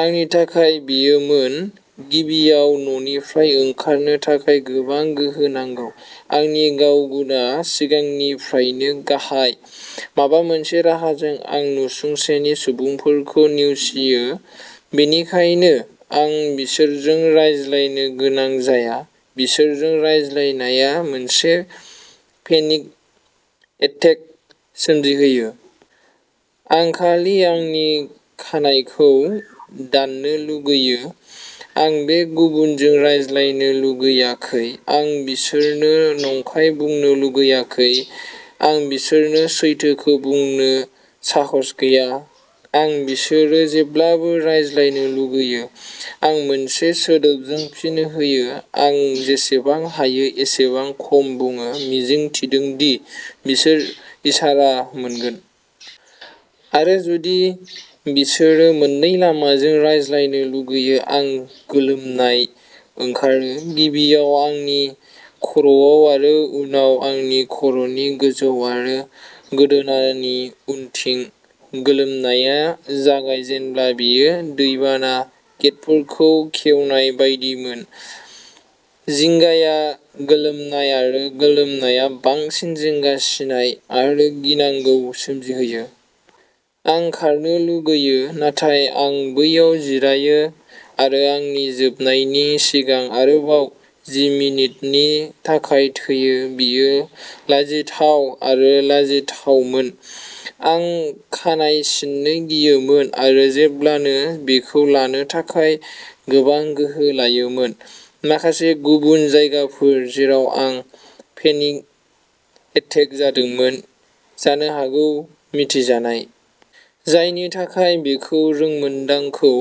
आंनि थाखाय बेयोमोन। गिबियाव न'निफ्राय ओंखारनो थाखाय गोबां गोहो नांगौ। आंनि गाव-गुनआ सिगांनिफ्रायनो गाहाय। माबा मोनसे राहाजों आं नसुंसेनि सुबुंफोरखौ नेवसियो, बेनिखायनो आं बिसोरजों रायज्लायनो गोनां जाया। बिसोरजों रायज्लायनाया मोनसे पेनिक एटेक सोमजिहोयो। आं खालि आंनि खानाइखौ दाननो लुगैयो। आं बे गुबुनजों रायज्लायनो लुगैयाखै। आं बिसोरनो नंखाय बुंनो लुगैयाखै। आं बिसोरनो सैथोखौ बुंनो साहास गैया। आरो बिसोरो जेब्लाबो रायज्लायनो लुगैयो। आं मोनसे सोदोबजों फिन होयो आरो जेसेबां हायो एसेबां खम बुङो, मिजिं थिदों दि बिसोर इसारा मोनगोन। आरो जुदि बिसोरो मोन्नै लामाजों रायज्लायनो लुगैयो, आं गोलोमनाय ओंखारो। गिबियाव आंनि खर'आव आरो उनाव आंनि खर'नि गोजौ आरो गोदोनानि उनथिं। गोलोमनाया जागाय जेनब्ला बेयो दैबाना गेटफोरखौ खेवनाय बायदिमोन। जिंगाया गोलोमनाय आरो गोलोमनाया बांसिन जिंगासिनाय आरो गिनांगौ सोमजिहोयो। आं खारनो लुगैयो नाथाय आं बैयाव जिरायो आरो आंनि जोबनायनि सिगां आरोबाव जि मिनिटनि थाखाय थैयो। बेयो लाजिथाव आरो लाजिथावमोन। आं खानाय सिननो गियोमोन आरो जेब्लानो बेखौ लानो थाखाय गोबां गोहो लायोमोन। माखासे गुबुन जायगाफोर जेराव आं पेनिक एटेक जादोंमोन, जानो हागौ मिथिजानाय। जायनि थाखाय बेखौ रोंमोन्दांखौ,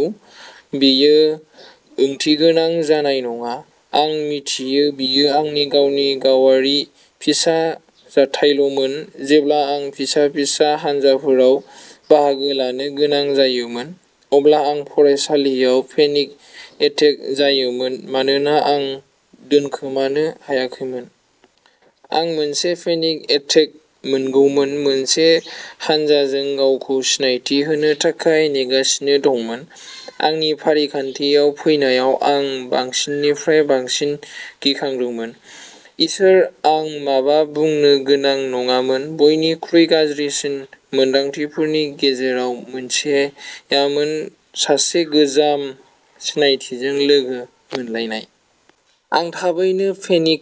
बेयो ओंथिगोनां जानाय नङा। आं मिथियो बेयो आंनि गावनि गावारि फिसा जाथायल'मोन। जेब्ला आं फिसा-फिसा हानजाफोराव बाहागो लानो गोनां जायोमोन, अब्ला आं फरायसालियाव पेनिक एटेक जायोमोन मानोना आं दोनखोमानो हायाखैमोन। आं मोनसे पेनिक एटेक मोनगौमोन, मोनसे हानजाजों गावखौ सिनायथि होनो थाखाय नेगासिनो दंमोन। आंनि फारि खान्थियाव फैनायाव, आं बांसिननिफ्राय बांसिन गिखांदोंमोन। इसोर, आं माबा बुंनो गोनां नङामोन। बयनिख्रुइ गाज्रिसिन मोन्दांथिफोरनि गेजेराव मोनसेआमोन सासे गोजाम सिनायथिजों लोगो मोनलायनाय। आं थाबैनो पेनिक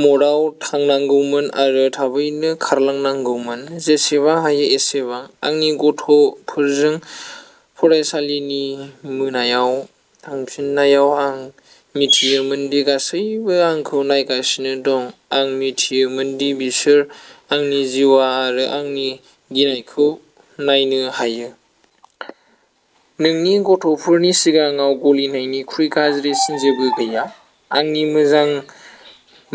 म'डआव थांनांगौमोन आरो थाबैनो खारलांनांगौमोन। जेसेबां हायो एसेबां। आंनि गथ'फोरजों फरायसालिनि मोनायाव थांफिननायाव आं मिथियोमोन दि गासैबो आंखौ नायगासिनो दं। आं मिथियोमोन दि बिसोर आंनि जिउआ आरो आंनि गिनायखौ नायनो हायो। नोंनि गथ'फोरनि सिगाङाव गलिनायनिख्रुइ गाज्रिसिन जेबो गैया। आंनि मोजां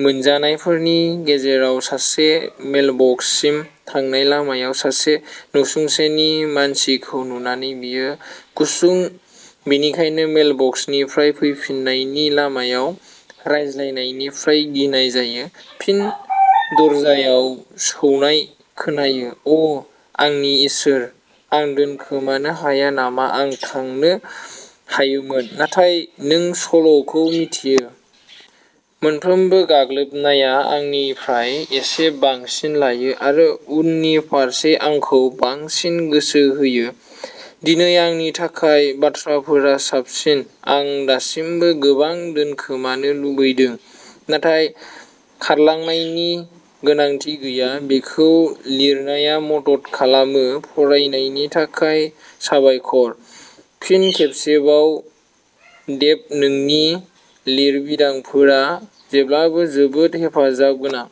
मोनजानायफोरनि गेजेराव सासे, मेलबक्ससिम थांनाय लामायाव सासे नसुंसेनि मानसिखौ नुनानै बेयो गुसुं, बेनिखायनो मेलबक्सनिफ्राय फैफिन्नायनि लामायाव रायज्लायनायनिफ्राय गिनाय जायो। फिन दरजायाव सौनाय खोनायो। अ' आंनि इसोर, आं दोनखोमानो हाया नामा आं थांनो हायोमोन, नाथाय नों सल'खौ मिथियो। मोनफ्रोमबो गाग्लोबनाया आंनिफ्राय एसे बांसिन लायो आरो उननि फारसे आंखौ बांसिन गोसो होयो। दिनै आंनि थाखाय बाथ्राफोरा साबसिन। आं दासिमबो गोबां दोनखोमानो लुबैदों नाथाय खारलांनायनि गोनांथि गैया। बेखौ लिरनाया मदद खालामो। फरायनायनि थाखाय साबायखर। फिन खेबसेबाव, डेभ नोंनि लिरबिदांफोरा जेब्लाबो जोबोद हेफाजाब गोनां।